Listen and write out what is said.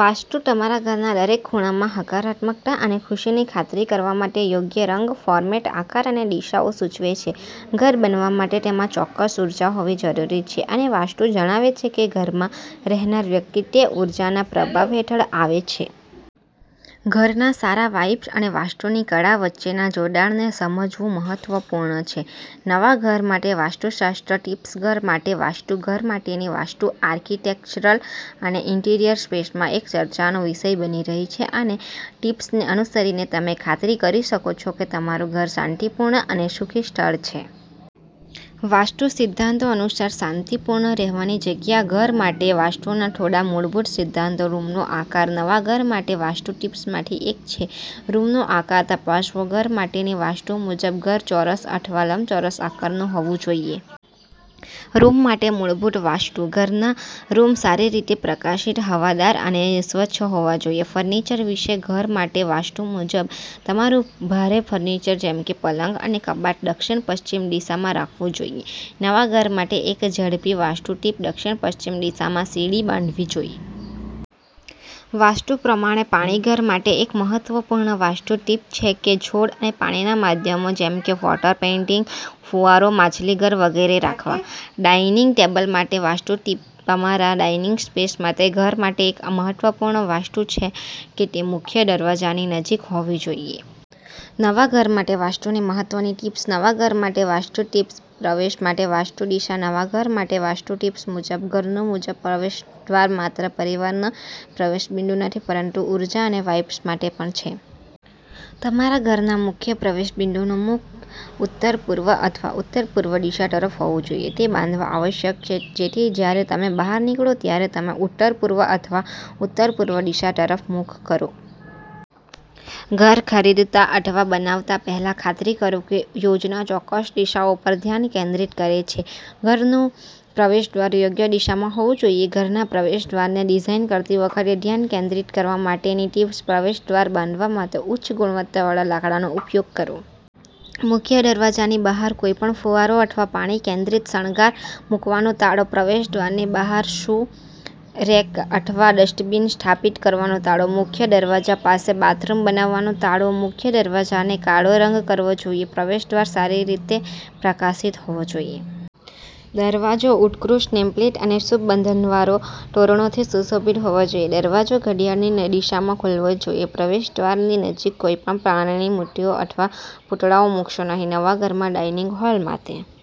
વાસ્તુ તમારા ઘરના દરેક ખૂણામાં હકારાત્મકતા અને ખુશીની ખાતરી કરવા માટે યોગ્ય રંગ, ફોર્મેટ, આકાર અને દિશાઓ સૂચવે છે. ઘર બનવા માટે તેમાં ચોક્કસ ઉર્જા હોવી જરૂરી છે અને વાસ્તુ જણાવે છે કે ઘરમાં રહેનાર વ્યક્તિ તે ઉર્જાનાં પ્રભાવ હેઠળ આવે છે. ઘરના સારા વાઇબ્સ અને વાસ્તુની કળા વચ્ચેના જોડાણને સમજવું મહત્વપૂર્ણ છે. નવા ઘર માટે વાસ્તુશાસ્ત્ર ટિપ્સ ઘર માટે વાસ્તુ ઘર માટેની વાસ્તુ આર્કિટેક્ચરલ અને ઈન્ટિરિયર સ્પેસમાં એક ચર્ચાનો વિષય બની રહી છે અને ટિપ્સને અનુસરીને, તમે ખાતરી કરી શકો છો કે તમારું ઘર શાંતિપૂર્ણ અને સુખી સ્થળ છે. વાસ્તુ સિદ્ધાંતો અનુસાર શાંતિપૂર્ણ રહેવાની જગ્યા ઘર માટે વાસ્તુના થોડા મૂળભૂત સિદ્ધાંતો રૂમનો આકાર નવા ઘર માટે વાસ્તુ ટિપ્સમાંથી એક છે રૂમનો આકાર તપાસવો. ઘર માટેની વાસ્તુ મુજબ ઘર ચોરસ અથવા લંબચોરસ આકારનું હોવું જોઈએ. રૂમ માટે મૂળભૂત વાસ્તુઃ ઘરના રૂમ સારી રીતે પ્રકાશિત, હવાદાર અને સ્વચ્છ હોવા જોઈએ. ફર્નિચર વિશે ઘર માટે વાસ્તુ મુજબ, તમારું ભારે ફર્નિચર જેમ કે પલંગ અને કબાટ દક્ષિણ-પશ્ચિમ દિશામાં રાખવું જોઈએ. નવા ઘર માટે એક ઝડપી વાસ્તુ ટીપ દક્ષિણ-પશ્ચિમ દિશામાં સીડી બાંધવી જોઈએ. વાસ્તુ પ્રમાણે પાણીઘર માટે એક મહત્વપૂર્ણ વાસ્તુ ટીપછે કે છોડ અને પાણીના માધ્યમો જેમ કે વોટર પેઈન્ટીંગ, ફુવારો, માછલીઘર વગેરે રાખવા. ડાઇનિંગ ટેબલ માટે વાસ્તુ ટીપતમારા ડાઇનિંગ સ્પેસ માટે ઘર માટે એક મહત્વપૂર્ણ વાસ્તુછે કે તે મુખ્ય દરવાજાની નજીક હોવી જોઈએ. નવા ઘર માટે વાસ્તુની મહત્વની ટિપ્સ. નવા ઘર માટે વાસ્તુ ટિપ્સ પ્રવેશ માટે વાસ્તુ દિશા નવા ઘર માટે વાસ્તુ ટિપ્સ મુજબ, ઘરનું મુજબ પ્રવેશદ્વાર માત્ર પરિવારનો પ્રવેશ બિંદુનથી, પરંતુ ઊર્જા અને વાઇબ્સ માટે પણ છે. તમારા ઘરના મુખ્ય પ્રવેશ બિંદુનું મુખ ઉત્તર, પૂર્વ અથવા ઉત્તર-પૂર્વ દિશા તરફ હોવું જોઈએ. તે બાંધવું આવશ્યક છે જેથી જ્યારે તમે બહાર નીકળો ત્યારે તમે ઉત્તર, પૂર્વ અથવા ઉત્તરપૂર્વ દિશા તરફ મુખ કરો. ઘર ખરીદતા અથવા બનાવતા પહેલા, ખાતરી કરો કે યોજનાચોક્કસ દિશાઓ પર ધ્યાન કેન્દ્રિત કરે છે. ઘરનું પ્રવેશદ્વાર યોગ્ય દિશામાં હોવું જોઈએ ઘરના પ્રવેશદ્વારને ડિઝાઇન કરતી વખતે ધ્યાન કેન્દ્રિત કરવા માટેની ટીપ્સપ્રવેશદ્વાર બાંધવા માટે ઉચ્ચ ગુણવત્તાવાળા લાકડાનો ઉપયોગ કરો. મુખ્ય દરવાજાની બહાર કોઈપણ ફુવારો અથવા પાણી કેન્દ્રિત શણગાર મૂકવાનું ટાળો. પ્રવેશદ્વારની બહાર શૂ રેક અથવા ડસ્ટબિન સ્થાપિત કરવાનું ટાળો. મુખ્ય દરવાજા પાસે બાથરૂમ બનાવવાનું ટાળો. મુખ્ય દરવાજાને કાળો રંગકરવો જોઈએ. પ્રવેશદ્વાર સારી રીતે પ્રકાશિત હોવો જોઈએ. દરવાજો ઉત્કૃષ્ટ નેમપ્લેટ અને શુભ બંધનવારો, તોરણોથી સુશોભિત હોવો જોઈએ. દરવાજો ઘડિયાળની દિશામાં ખોલવો જોઈએ. પ્રવેશદ્વારની નજીક કોઈપણ પ્રાણીની મૂર્તિઓ અથવા પૂતળાઓ મૂકશો નહીં. નવા ઘરમાં ડાઇનિંગ હોલ માટે